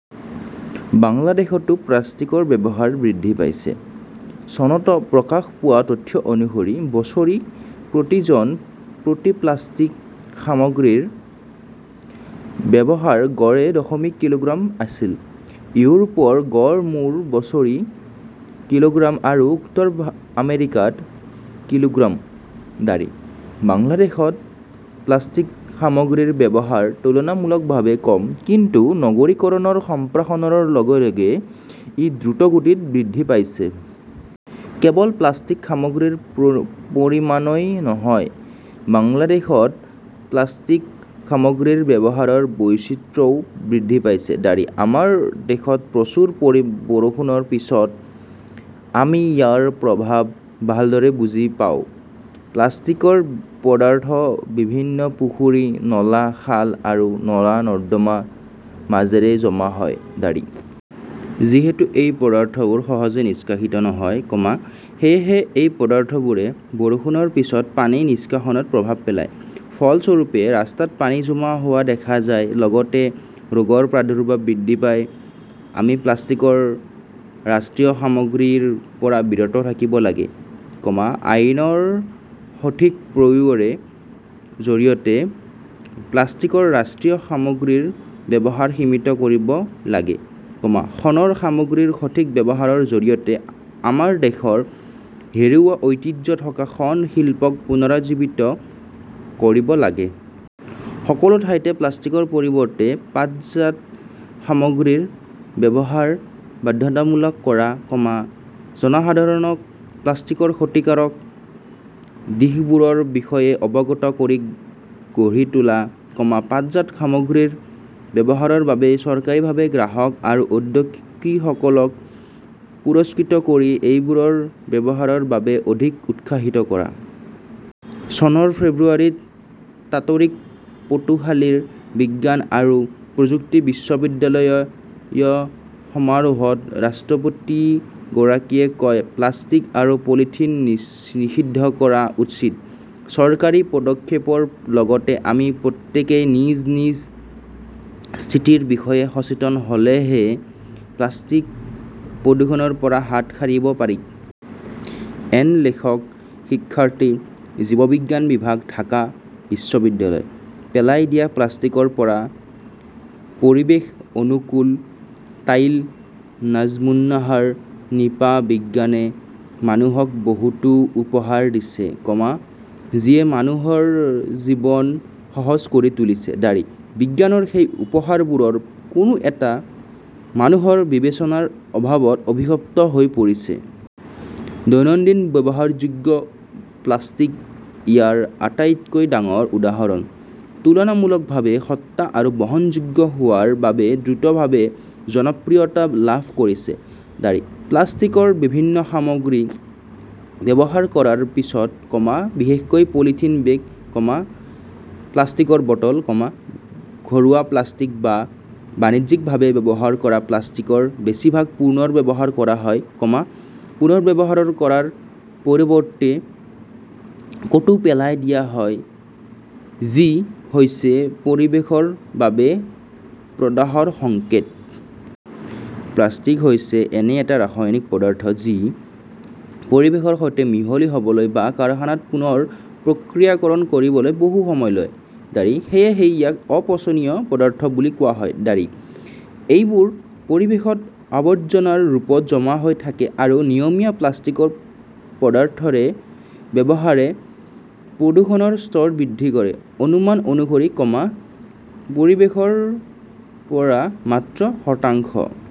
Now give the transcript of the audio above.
বাংলাদেশতো প্লাষ্টিকৰ ব্যৱহাৰ বৃদ্ধি পাইছে। চনত প্ৰকাশ পোৱা তথ্য অনুসৰি বছৰি প্ৰতি জন প্ৰতি প্লাষ্টিক সামগ্ৰীৰ ব্যৱহাৰ গড়ে দশমিক কিলোগ্ৰাম আছিল। ইউৰোপৰ গড় মূৰ বছৰি কিলোগ্ৰাম আৰু উত্তৰ আমেৰিকাত কিলোগ্ৰাম। বাংলাদেশত প্লাষ্টিক সামগ্ৰীৰ ব্যৱহাৰ তুলনামূলকভাৱে কম, কিন্তু নগৰীকৰণৰ সম্প্ৰসাৰণৰ লগে লগে ই দ্ৰুতগতিত বৃদ্ধি পাইছে। কেৱল প্লাষ্টিক সামগ্ৰীৰ পৰিমাণই নহয়, বাংলাদেশত প্লাষ্টিক সামগ্ৰীৰ ব্যৱহাৰৰ বৈচিত্ৰ্যও বৃদ্ধি পাইছে। আমাৰ দেশত প্ৰচুৰ বৰষুণৰ পিছত আমি ইয়াৰ প্ৰভাৱ ভালদৰে বুজি পাওঁ। প্লাষ্টিকৰ পদাৰ্থ বিভিন্ন পুখুৰী, নলা, খাল আৰু নলা-নৰ্দমাৰ মাজেৰে জমা হয়। যিহেতু এই পদাৰ্থবোৰ সহজে নিষ্কাশিত নহয়, সেয়েহে এই পদাৰ্থবোৰে বৰষুণৰ পিছত পানী নিষ্কাশনত প্ৰভাৱ পেলায়। ফলস্বৰূপে, ৰাস্তাত পানী জমা হোৱা দেখা যায়, লগতে ৰোগৰ প্ৰাদুৰ্ভাৱ বৃদ্ধি পায়। আমি প্লাষ্টিকৰ ৰাষ্ট্ৰীয় সামগ্ৰীৰ পৰা বিৰত থাকিব লাগে, আইনৰ সঠিক প্ৰয়োগৰ জৰিয়তে প্লাষ্টিকৰ ৰাষ্ট্ৰীয় সামগ্ৰীৰ ব্যৱহাৰ সীমিত কৰিব লাগে, শণৰ সামগ্ৰীৰ সঠিক ব্যৱহাৰৰ জৰিয়তে আমাৰ দেশৰ হেৰুওৱা ঐতিহ্য থকা শণ শিল্পক পুনৰুজ্জীৱিত কৰিব লাগে। সকলো ঠাইতে প্লাষ্টিকৰ পৰিৱৰ্তে পাটজাত সামগ্ৰীৰ ব্যৱহাৰ বাধ্যতামূলক কৰা, জনসাধাৰণক প্লাষ্টিকৰ ক্ষতিকাৰক দিশবোৰৰ বিষয়ে অৱগত কৰি গঢ়ি তোলা, পাটজাত সামগ্ৰীৰ ব্যৱহাৰৰ বাবে চৰকাৰীভাৱে গ্ৰাহক আৰু উদ্যোগীসকলক পুৰস্কৃত কৰি এইবোৰৰ ব্যৱহাৰৰ বাবে অধিক উৎসাহিত কৰা। চনৰ ফেব্ৰুৱাৰীত তাতৰিক পটুখালি বিজ্ঞান আৰু প্ৰযুক্তি বিশ্ববিদ্যালয়ৰ য় সমাৰোহত ৰাষ্ট্ৰপতিগৰাকীয়ে কয়, 'প্লাষ্টিক আৰু পলিথিন নিষিদ্ধ কৰা উচিত "। চৰকাৰী পদক্ষেপৰ লগতে আমি প্ৰত্যেকেই নিজ নিজ স্থিতিৰ বিষয়ে সচেতন হ "লেহে প্লাষ্টিক প্ৰদূষণৰ পৰা হাত সাৰিব পাৰি। এন লেখকঃ শিক্ষাৰ্থী, জীৱবিজ্ঞান বিভাগ, ঢাকা বিশ্ববিদ্যালয়। পেলাই দিয়া প্লাষ্টিকৰ পৰা পৰিৱেশ অনুকূল টাইল নাজমুন্নাহাৰ নিপা বিজ্ঞানে মানুহক বহুতো উপহাৰ দিছে, যিয়ে মানুহৰ জীৱন সহজ কৰি তুলিছে। বিজ্ঞানৰ সেই উপহাৰবোৰৰ কোনো এটা মানুহৰ বিবেচনাৰ অভাৱত অভিশপ্ত হৈ পৰিছে। দৈনন্দিন ব্যৱহাৰযোগ্য প্লাষ্টিক ইয়াৰ আটাইতকৈ ডাঙৰ উদাহৰণ। তুলনামূলকভাৱে সস্তা আৰু বহনযোগ্য হোৱাৰ বাবে দ্ৰুতভাৱে জনপ্ৰিয়তা লাভ কৰিছে। প্লাষ্টিকৰ বিভিন্ন সামগ্ৰী ব্যৱহাৰ কৰাৰ পিছত, বিশেষকৈ পলিথিন বেগ, প্লাষ্টিকৰ বটল, ঘৰুৱা প্লাষ্টিক বা বাণিজ্যিকভাৱে ব্যৱহাৰ কৰা প্লাষ্টিকৰ বেছিভাগ পুনৰ্ব্যৱহাৰ কৰা হয়, পুনৰ্ব্যৱহাৰ কৰাৰ পৰিৱৰ্তে ক "তো পেলাই দিয়া হয়-যি হৈছে পৰিৱেশৰ বাবে প্ৰদাহৰ সংকেত। প্লাষ্টিক হৈছে এনে এটা ৰাসায়নিক পদাৰ্থ যি পৰিৱেশৰ সৈতে মিহলি হ 'বলৈ বা কাৰখানাত পুনৰ প্ৰক্ৰিয়াকৰণ কৰিবলৈ বহু সময় লয়। সেয়েহে ইয়াক 'অপচনীয় পদাৰ্থ "বুলি কোৱা হয়। এইবোৰ পৰিৱেশত আৱৰ্জনাৰ ৰূপত জমা হৈ থাকে আৰু নিয়মীয়া প্লাষ্টিকৰ পদাৰ্থৰ ব্যৱহাৰে প্ৰদূষণৰ স্তৰ বৃদ্ধি কৰে। অনুমান অনুসৰি, পৰিৱেশৰ পৰা মাত্ৰ শতাংশ